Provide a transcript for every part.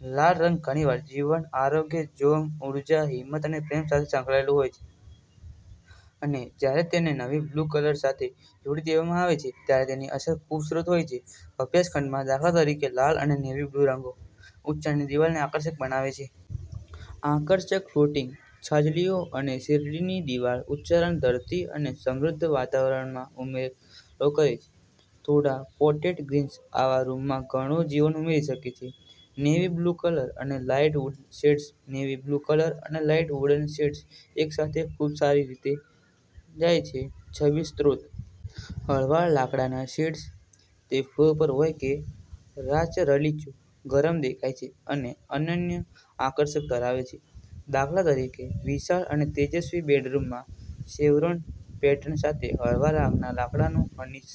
લાલ રંગ ઘણીવાર જીવન, આરોગ્ય, જોમ, ઊર્જા, હિંમત અને પ્રેમ સાથે સંકળાયેલું હોય છે. અને જ્યારે તેને નેવી-બ્લુ કલર સાથે જોડી દેવામાં આવે છે, ત્યારે તેની અસર ખૂબસૂરત હોય છે. અભ્યાસ ખંડમાં, દાખલા તરીકે, લાલ અને નેવી-બ્લુ રંગો ઉચ્ચારની દિવાલને આકર્ષક બનાવે છે. આકર્ષક ફ્લોટિંગ છાજલીઓ અને શેરડીની દિવાલ ઉચ્ચારણ ધરતી અને સમૃદ્ધ વાતાવરણમાં ઉમેરો કરે છે. થોડા પોટેડ ગ્રીન્સ આવા રૂમમાં ઘણું જીવન ઉમેરી શકે છે. નેવી બ્લુ કલર અને light wooden shades navy blue colour અને લાઈટ વુડન શેડ્સ એકસાથે ખૂબસારી રીતે જાય છે છબી સ્ત્રોત. હળવા લાકડાના શેડ્સ, તે ફ્લોર પર હોય કે રાચરલીચું, ગરમ દેખાય છે અને અનન્ય આકર્ષક ધરાવે છે. દાખલા તરીકે, વિશાળ અને તેજસ્વી બેડરૂમમાં, શેવરોન પેટર્ન સાથે હળવા રંગના લાકડાનું ફર્નિશ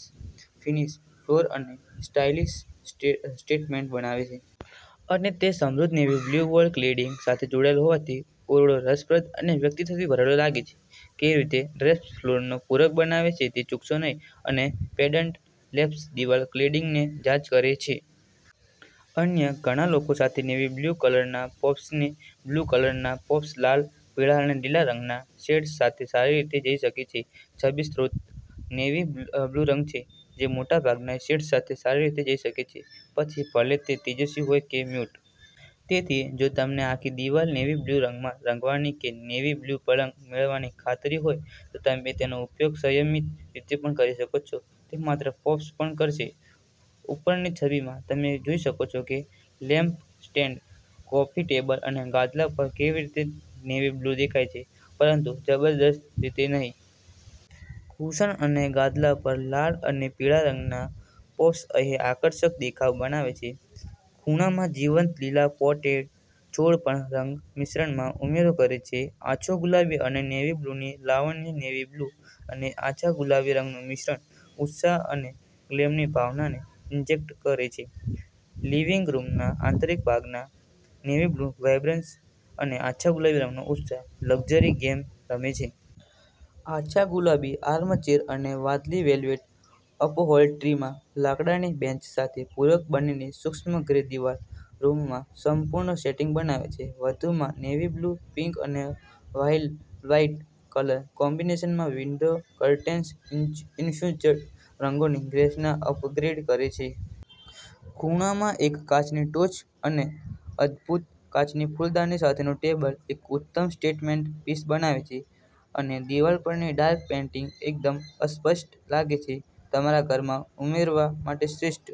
ફિનિશ ફ્લોર અને સ્ટાઇલિશ સ્ટે સ્ટેટમેન્ટ બનાવે છે. અને તે સમૃદ્ધ નેવી-બ્લ્યુ વોલ ક્લેડીંગ સાથે જોડાયેલ હોવાથી, ઓરડો રસપ્રદ અને વ્યક્તિત્વથી ભરેલો લાગે છે. કેવી રીતે ડ્રેપ્સ ફ્લોરને પૂરક બનાવે છે તે ચૂકશો નહીં અને પેન્ડન્ટ લેમ્પ્સ દિવાલ ક્લેડીંગને જાઝ કરે છે. અન્ય ઘણા લોકો સાથે નેવી-બ્લુ કલરના પોપ્સને-બ્લુ કલરના પોપ્સ લાલ, પીળા અને લીલા રંગના શેડ્સ સાથે સારી રીતે જઈ શકે છે છબી સ્ત્રોત. નેવી બ અ બ્લુરંગ છે જે મોટાભાગના શેડ્સ સાથે સારી રીતે જઈ શકે છે, પછી ભલે તે તેજસ્વી હોય કે મ્યૂટ. તેથી, જો તમને આખી દિવાલ નેવી-બ્લુ રંગમાં રંગવાની કે નેવી-બ્લુ પલંગ મેળવવાની ખાતરીહોય તો તમે તેનો ઉપયોગ સંયમિત રીતે પણ કરી શકો છો. તે માત્ર પોપ્સ પણ કરશે. ઉપરની છબીમાં, તમે જોઈ શકો છો કે લેમ્પ સ્ટેન્ડ, કોફી ટેબલ અને ગાદલા પર કેવી રીતે નેવી-બ્લુ દેખાય છે, પરંતુ જબરજસ્ત રીતે નહીં. કુશન અને ગાદલા પર લાલ અને પીળા રંગના પોપ્સ અહીં આકર્ષક દેખાવ બનાવે છે. ખૂણામાં જીવંત લીલા પોટેડ છોડ પણ રંગ મિશ્રણમાં ઉમેરો કરે છે. આછો ગુલાબી અને નેવી બ્લુની લાવણ્ય નેવી બ્લુ અને આછા ગુલાબી રંગનું મિશ્રણ ઉત્સાહ અને ગ્લેમની ભાવનાને ઇન્જેક્ટ કરે છે. લિવિંગ રૂમના આંતરિક ભાગના નેવી બ્લુ વાઇબ્રન્સ અને આછા ગુલાબી રંગનો ઉત્સાહ લક્ઝરી ગેમ રમે છે. આછા ગુલાબી આર્મચેર અને વાદળી વેલ્વેટ અપહોલ્ટ્રીમાં લાકડાની બેન્ચ સાથે પૂરક બનેલી સૂક્ષ્મ ગ્રે દિવાલ, રૂમમાં સંપૂર્ણ સેટિંગ બનાવે છે. વધુમાં, નેવી બ્લુ, પિંક અને વાઇલ વ્હાઇટ કલર કોમ્બિનેશનમાં વિન્ડો કર્ટેન્સ ઇંચ ઇન્ફ્યુઝ્ડ રંગોની ગ્રેસના અપગ્રેડ કરે છે. ખૂણામાં એક કાચની ટોચ અને અદભૂત કાચની ફૂલદાની સાથેનું ટેબલ એક ઉત્તમ સ્ટેટમેન્ટ પીસ બનાવે છે અને દિવાલ પરની ડાર્ક પેઇન્ટિંગ એકદમ અસ્પષ્ટ લાગે છે. તમારા ઘરમાં ઉમેરવા માટે શ્રેષ્ઠ